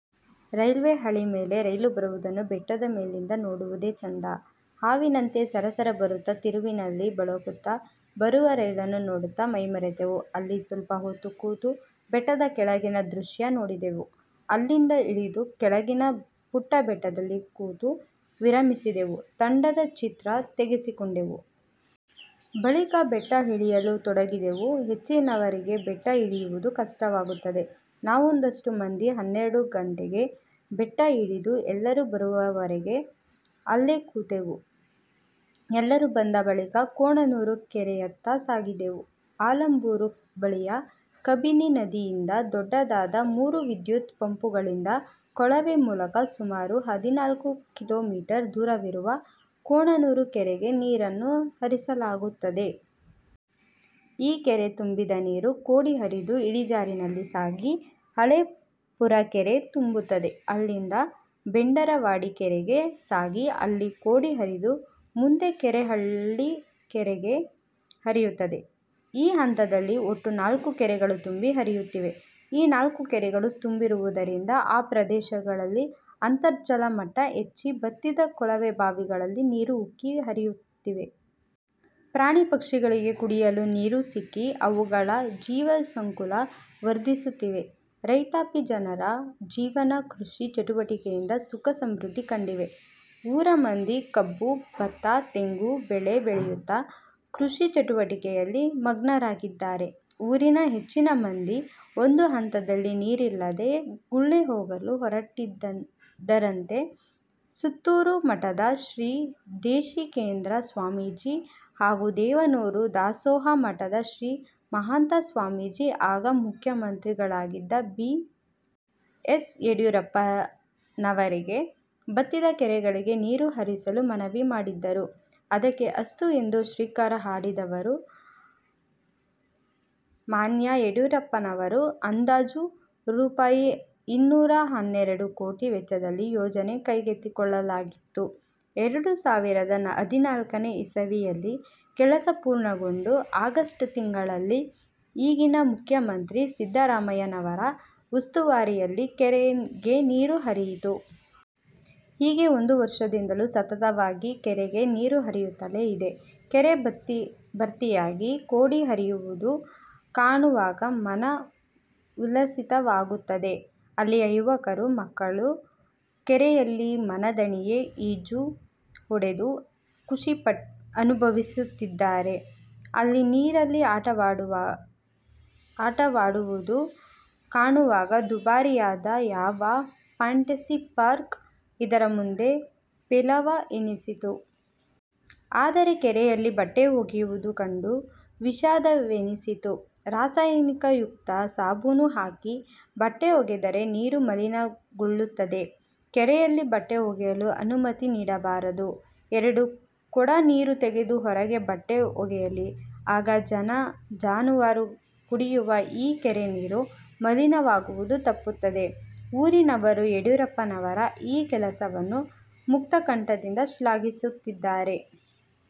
Railway ಹಳಿಮೇಲೆ rail ಬರುವುದನ್ನು ಬೆಟ್ಟದಮೇಲಿಂದ ನೋಡುವುದೇ ಚಂದ. ಹಾವಿನಂತೆ ಸರಸರ ಬರುತ್ತ, ತಿರುವಿನಲ್ಲಿ ಬಳುಕುತ್ತ ಬರುವ ರೈಲನ್ನು ನೋಡುತ್ತ ಮೈಮರೆತೆವು. ಅಲ್ಲಿ ಸ್ವಲ್ಪ ಹೊತ್ತು ಕೂತು ಬೆಟ್ಟದ ಕೆಳಗಿನ ದೃಶ್ಯ ನೋಡಿದೆವು. ಅಲ್ಲಿಂದ ಇಳಿದು ಕೆಳಗಿನ ಪುಟ್ಟಬೆಟ್ಟದಲ್ಲಿ ಕೂತು ವಿರಮಿಸಿದೆವು. ತಂಡದ ಚಿತ್ರ ತೆಗೆಸಿಕೊಂಡೆವು. ಬಳಿಕ ಬೆಟ್ಟ ಇಳಿಯಲು ತೊಡಗಿದೆವು. ಹೆಚ್ಚಿನವರಿಗೆ ಬೆಟ್ಟ ಇಳಿಯುವುದು ಕಷ್ಟವಾಗುತ್ತದೆ. ನಾವೊಂದಷ್ಟು ಮಂದಿ ಹನ್ನೆರಡು ಗಂಟೆಗೆ ಬೆಟ್ಟ ಇಳಿದು ಎಲ್ಲರೂ ಬರುವಲ್ಲಿವರೆಗೆ ಅಲ್ಲೇ ಕೂತೆವು. ಎಲ್ಲರೂ ಬಂದ ಬಳಿಕ ಕೋಣನೂರು ಕೆರೆಯತ್ತ ಸಾಗಿದೆವು. ಆಲಂಬೂರು ಬಳಿಯ ಕಬಿನಿ ನದಿಯಿಂದ ದೊಡ್ದದಾದ ಮೂರು ವಿದ್ಯುತ್ ಪಂಪುಗಳಿಂದ ಕೊಳವೆಮೂಲಕ ಸುಮಾರು ಹದಿನಾಲ್ಕು ಕಿಲೋಮೀಟರ್ ದೂರವಿರುವ ಕೋಣನೂರು ಕೆರೆಗೆ ನೀರನ್ನು ಹರಿಸಲಾಗುತ್ತದೆ. ಈ ಕೆರೆ ತುಂಬಿದ ನೀರು ಕೋಡಿ ಹರಿದು ಇಳಿಜಾರಿನಲ್ಲಿ ಸಾಗಿ ಹಳೇಪುರಕೆರೆ ತುಂಬುತ್ತದೆ. ಅಲ್ಲಿಂದ ಬೆಂಡರವಾಡಿಕೆರೆಗೆ ಸಾಗಿ ಅಲ್ಲಿ ಕೋಡಿ ಹರಿದು ಮುಂದೆ ಕೆರೆಹಳ್ಳಿ ಕೆರೆಗೆ ಹರಿಯುತ್ತದೆ. ಈ ಹಂತದಲ್ಲಿ ಒಟ್ಟು ನಾಲ್ಕು ಕೆರೆಗಳು ತುಂಬಿ ಹರಿಯುತ್ತಿವೆ. ಈ ನಾಲ್ಕೂಕೆರೆಗಳು ತುಂಬಿರುವುದರಿಂದ ಆ ಪ್ರದೇಶಗಳಲ್ಲಿ ಅಂತರ್ಜಲದ ಮಟ್ಟ ಹೆಚ್ಚಿ ಬತ್ತಿದ ಕೊಳವೆಬಾವಿಗಳಲ್ಲಿ ನೀರು ಉಕ್ಕಿ ಹರಿಯುತ್ತಿವೆ. ಪ್ರಾಣಿಪಕ್ಷಿಗಳಿಗೆ ಕುಡಿಯಲು ನೀರು ಸಿಕ್ಕಿ ಅವುಗಳ ಜೀವಸಂಕುಲ ವರ್ಧಿಸುತ್ತಿವೆ. ರೈತಾಪಿಜನರ ಜೀವನ ಕೃಷಿ ಚಟುವಟಿಕೆಯಿಂದ ಸುಖ ಸಮೃದ್ಧಿ ಕಂಡಿವೆ. ಊರಮಂದಿ ಕಬ್ಬು, ಭತ್ತ ತೆಂಗು ಬಾಳೆ ಬೆಳೆಯುತ್ತ ಕೃಷಿ ಚಟುವಟಿಕೆಯಲ್ಲಿ ಮಗ್ನರಾಗಿದ್ದಾರೆ. ಊರಿನ ಹೆಚ್ಚಿನಮಂದಿ ಒಂದುಹಂತದಲ್ಲಿ ನೀರಿಲ್ಲದೆ ಗುಳೆಹೋಗಲು ಹೊರಟಿದ್ದರಂತೆ. ಸುತ್ತೂರುಮಠದ ಶ್ರೀ ದೇಶಿಕೇಂದ್ರ ಸ್ವಾಮೀಜಿ, ಹಾಗೂ ದೇವನೂರು ದಾಸೋಹಮಠದ ಶ್ರೀ ಮಹಾಂತ ಸ್ವಾಮೀಜಿ ಆಗ ಮುಖ್ಯಮಂತ್ರಿಗಳಾಗಿದ್ದ ಬಿ. ಎಸ್. ಯಡಿಯೂರಪ್ಪನವರಿಗೆ ಬತ್ತಿದ ಕೆರೆಗಳಿಗೆ ನೀರು ಹರಿಸಲು ಮನವಿ ಮಾಡಿದ್ದರು. ಅದಕ್ಕೆ ಅಸ್ತು ಎಂದು ಶ್ರೀಕಾರ ಹಾಕಿದವರು ಮಾನ್ಯ ಯಡಿಯೂರಪ್ಪನವರು. ಅಂದಾಜು ರೂಪಾಯಿ. ಇನ್ನೂರ ಹನ್ನೆರಡು ಕೋಟಿ ವೆಚ್ಚದಲ್ಲಿ ಯೋಜನೆ ಕೈಗೆತ್ತಿಕೊಳ್ಳಲಾಗಿತ್ತು. ಎರಡು ಸಾವಿರದ ಹದಿನಾಲ್ಕನೇ ಇಸವಿಯಲ್ಲಿ ಕೆಲಸ ಪೂರ್ಣಗೊಂಡು ಆಗಸ್ಟ್ ತಿಂಗಳಲ್ಲಿ ಈಗಿನ ಮುಖ್ಯಮಂತ್ರಿ ಸಿದ್ದರಾಮಯ್ಯನವರ ಉಸ್ತುವಾರಿಯಲ್ಲಿ ಕೆರೆಗೆ ನೀರು ಹರಿಯಿತು. ಈಗ್ಗೆ ಒಂದು ವರ್ಷದಿಂದಲೂ ಸತತವಾಗಿ ಕೆರೆಗೆ ನೀರು ಹರಿಯುತ್ತಲೇ ಇದೆ. ಕೆರೆ ಭರ್ತಿಯಾಗಿ ಕೋಡಿ ಹರಿಯುವುದು ಕಾಣುವಾಗ ಮನ ಉಲ್ಲಸಿತವಾಗುತ್ತದೆ. ಅಲ್ಲಿಯ ಯುವಕರು ಮಕ್ಕಳು ಕೆರೆಯಲ್ಲಿ ಮನದಣಿಯೆ ಈಜು ಹೊಡೆದು ಖುಷಿ ಅನುಭವಿಸುತ್ತಿದ್ದಾರೆ. ಅಲ್ಲಿ ನೀರಲ್ಲಿ ಆಟವಾಡುವುದು ಕಾಣುವಾಗ ದುಬಾರಿಯಾದ ಯಾವ ಫಾಂಟೆಸಿ ಪಾರ್ಕ್ ಇದರ ಮುಂದೆ ಪೇಲವ ಎನಿಸಿತು. ಆದರೆ ಕೆರೆಯಲ್ಲಿ ಬಟ್ಟೆ ಒಗೆಯುವುದು ಕಂಡು ವಿಷಾದವೆನಿಸಿತು. ರಾಸಾಯನಿಯುಕ್ತ ಸಾಬೂನು ಹಾಕಿ ಬಟ್ಟೆ ಒಗೆದರೆ ನೀರು ಮಲೀನಗೊಳ್ಳುತ್ತದೆ. ಕೆರೆಯಲ್ಲಿ ಬಟ್ಟೆ ಒಗೆಯಲು ಅನುಮತಿ ನೀಡಬಾರದು. ಎರಡು ಕೊಡ ನೀರು ತೆಗೆದು ಹೊರಗೆ ಬಟ್ಟೆ ಒಗೆಯಲಿ. ಆಗ ಜನ ಜಾನುವಾರು ಕುಡಿಯುವ ಈ ಕೆರೆನೀರು ಮಲಿನವಾಗುವುದು ತಪ್ಪುತ್ತದೆ. ಊರಿನವರು ಯಡಿಯೂರಪ್ಪನವರ ಈ ಕೆಲಸವನ್ನು ಮುಕ್ತಕಂಠದಿಂದ ಶ್ಲಾಘಿಸುತ್ತಿದ್ದಾರೆ.